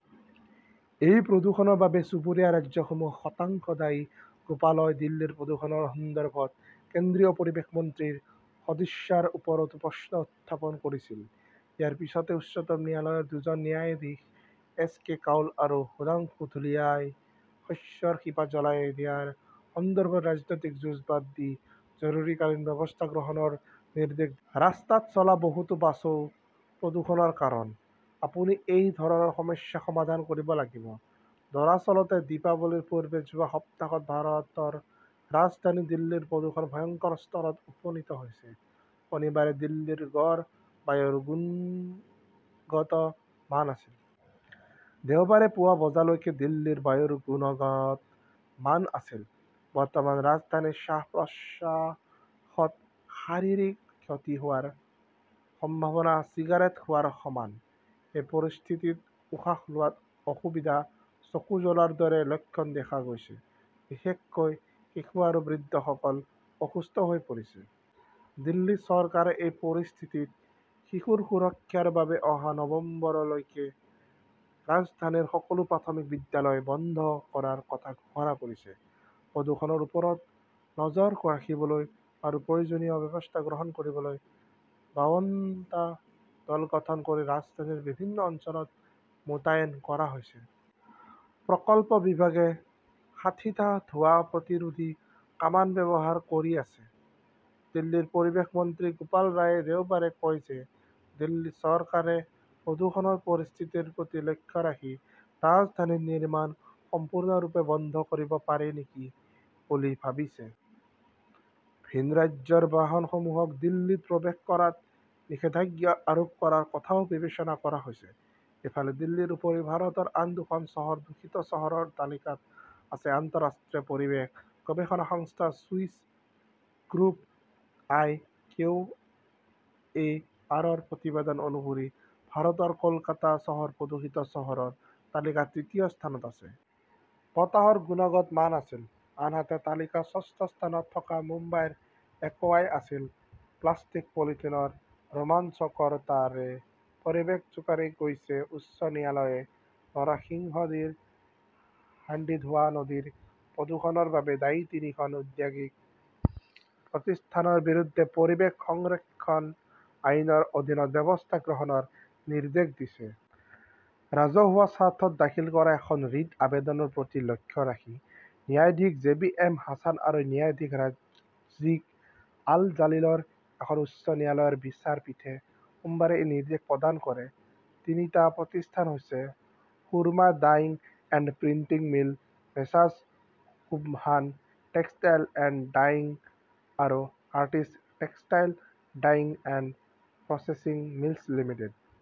এই প্ৰদূষণৰ বাবে চুবুৰীয়া ৰাজ্যসমূহ শতাংশ দায়ী। গোপালই দিল্লীৰ প্ৰদূষণৰ সন্দৰ্ভত কেন্দ্ৰীয় পৰিৱেশ মন্ত্ৰীৰ সদিচ্ছাৰ ওপৰতো প্ৰশ্ন উত্থাপন কৰিছিল। ইয়াৰ পিছতে উচ্চতম ন্যায়ালয়ৰ দুজন ন্যায়াধীশ এছ কে কাউল আৰু সুধাংশু ধুলিয়াই শস্যৰ শিপা জ্বলাই দিয়াৰ সন্দৰ্ভত ৰাজনৈতিক যুঁজ বাদ দি জৰুৰীকালীন ব্যৱস্থা গ্ৰহণৰ নিৰ্দেশ দিয়ে। ৰাস্তাত চলা বহুতো বাছও প্ৰদূষণৰ কাৰণ। আপুনি এই ধৰণৰ সমস্যা সমাধান কৰিব লাগিব। দৰাচলতে, দীপাৱলীৰ পূৰ্বে যোৱা সপ্তাহত ভাৰতৰ ৰাজধানী দিল্লীৰ প্ৰদূষণ ভয়ংকৰ স্তৰত উপনীত হৈছে। শনিবাৰে দিল্লীৰ গড় বায়ুৰ গুণগত মান আছিল। দেওবাৰে পুৱা বজালৈকে দিল্লীৰ বায়ুৰ গুণগত মান আছিল। বৰ্তমান ৰাজধানীত শ্বাস-প্ৰশ্বাসত শাৰীৰিক ক্ষতি হোৱাৰ সম্ভাৱনা চিগাৰেট খোৱাৰ সমান। এই পৰিস্থিতিত উশাহ লোৱাত অসুবিধা, চকু জ্বলাৰ দৰে লক্ষণ দেখা গৈছে। বিশেষকৈ শিশু আৰু বৃদ্ধসকল অসুস্থ হৈ পৰিছে। দিল্লী চৰকাৰে এই পৰিস্থিতিত শিশুৰ সুৰক্ষাৰ বাবে অহা নৱেম্বৰলৈকে ৰাজধানীৰ সকলো প্ৰাথমিক বিদ্যালয় বন্ধ কৰাৰ কথা ঘোষণা কৰিছে। প্ৰদূষণৰ ওপৰত নজৰ ৰাখিবলৈ আৰু প্ৰয়োজনীয় ব্যৱস্থা গ্ৰহণ কৰিবলৈ বাৱনটা দল গঠন কৰি ৰাজধানীৰ বিভিন্ন অঞ্চলত মোতায়েন কৰা হৈছে। প্ৰকল্প বিভাগে ষাঠিটা ধোঁৱা প্ৰতিৰোধী কামান ব্যৱহাৰ কৰি আছে। দিল্লীৰ পৰিৱেশ মন্ত্ৰী গোপাল ৰায়ে দেওবাৰে কয় যে দিল্লী চৰকাৰে প্ৰদূষণৰ পৰিস্থিতিৰ প্ৰতি লক্ষ্য ৰাখি ৰাজধানীত নিৰ্মাণ সম্পূৰ্ণৰূপে বন্ধ কৰিব পাৰি নেকি বুলি ভাবিছে। ভিন ৰাজ্যৰ বাহনসমূহক দিল্লীত প্ৰৱেশ কৰাত নিষেধাজ্ঞা আৰোপ কৰাৰ কথাও বিবেচনা কৰা হৈছে। ইফালে, দিল্লীৰ উপৰিও ভাৰতৰ আন দুখন চহৰ দূষিত চহৰৰ তালিকাত আছে। আন্তঃৰাষ্ট্ৰীয় পৰিৱেশ গৱেষণা সংস্থা চুইচ গ্ৰুপ আই কিউএআৰৰ প্ৰতিবেদন অনুসৰি ভাৰতৰ কলকাতা চহৰ প্ৰদূষিত চহৰৰ তালিকাত তৃতীয় স্থানত আছে। বতাহৰ গুণগত মান আছিল। আনহাতে তালিকাৰ ষষ্ঠ স্থানত থকা মুম্বাইৰ একআই আছিল। প্লাষ্টিক-পলিথিনৰ ৰোমাঞ্চকৰতাৰে পৰিৱেশ জোকাৰি গৈছে উচ্চ ন্যায়ালয়ে নৰসিংডীৰ হাণ্ডিধোৱা নদীৰ প্ৰদূষণৰ বাবে দায়ী তিনিখন ঔদ্যোগিক প্ৰতিষ্ঠানৰ বিৰুদ্ধে পৰিৱেশ সংৰক্ষণ আইনৰ অধীনত ব্যৱস্থা গ্ৰহণৰ নিৰ্দেশ দিছে। ৰাজহুৱা স্বাৰ্থত দাখিল কৰা এখন ৰিট আবেদনৰ প্ৰতি লক্ষ্য ৰাখি ন্যায়াধীশ জে বি এম হাছান আৰু ন্যায়াধীশ ৰাজিক আল জালিলৰ এখন উচ্চ ন্যায়ালয়ৰ বিচাৰপীঠে সোমবাৰে এই নিৰ্দেশ প্ৰদান কৰে। তিনিটা প্ৰতিষ্ঠান হৈছে-সুৰমা dyeing and printing mill, Messrs Sobhan textile and dyeing আৰু artist textile dyeing and processing mills limited.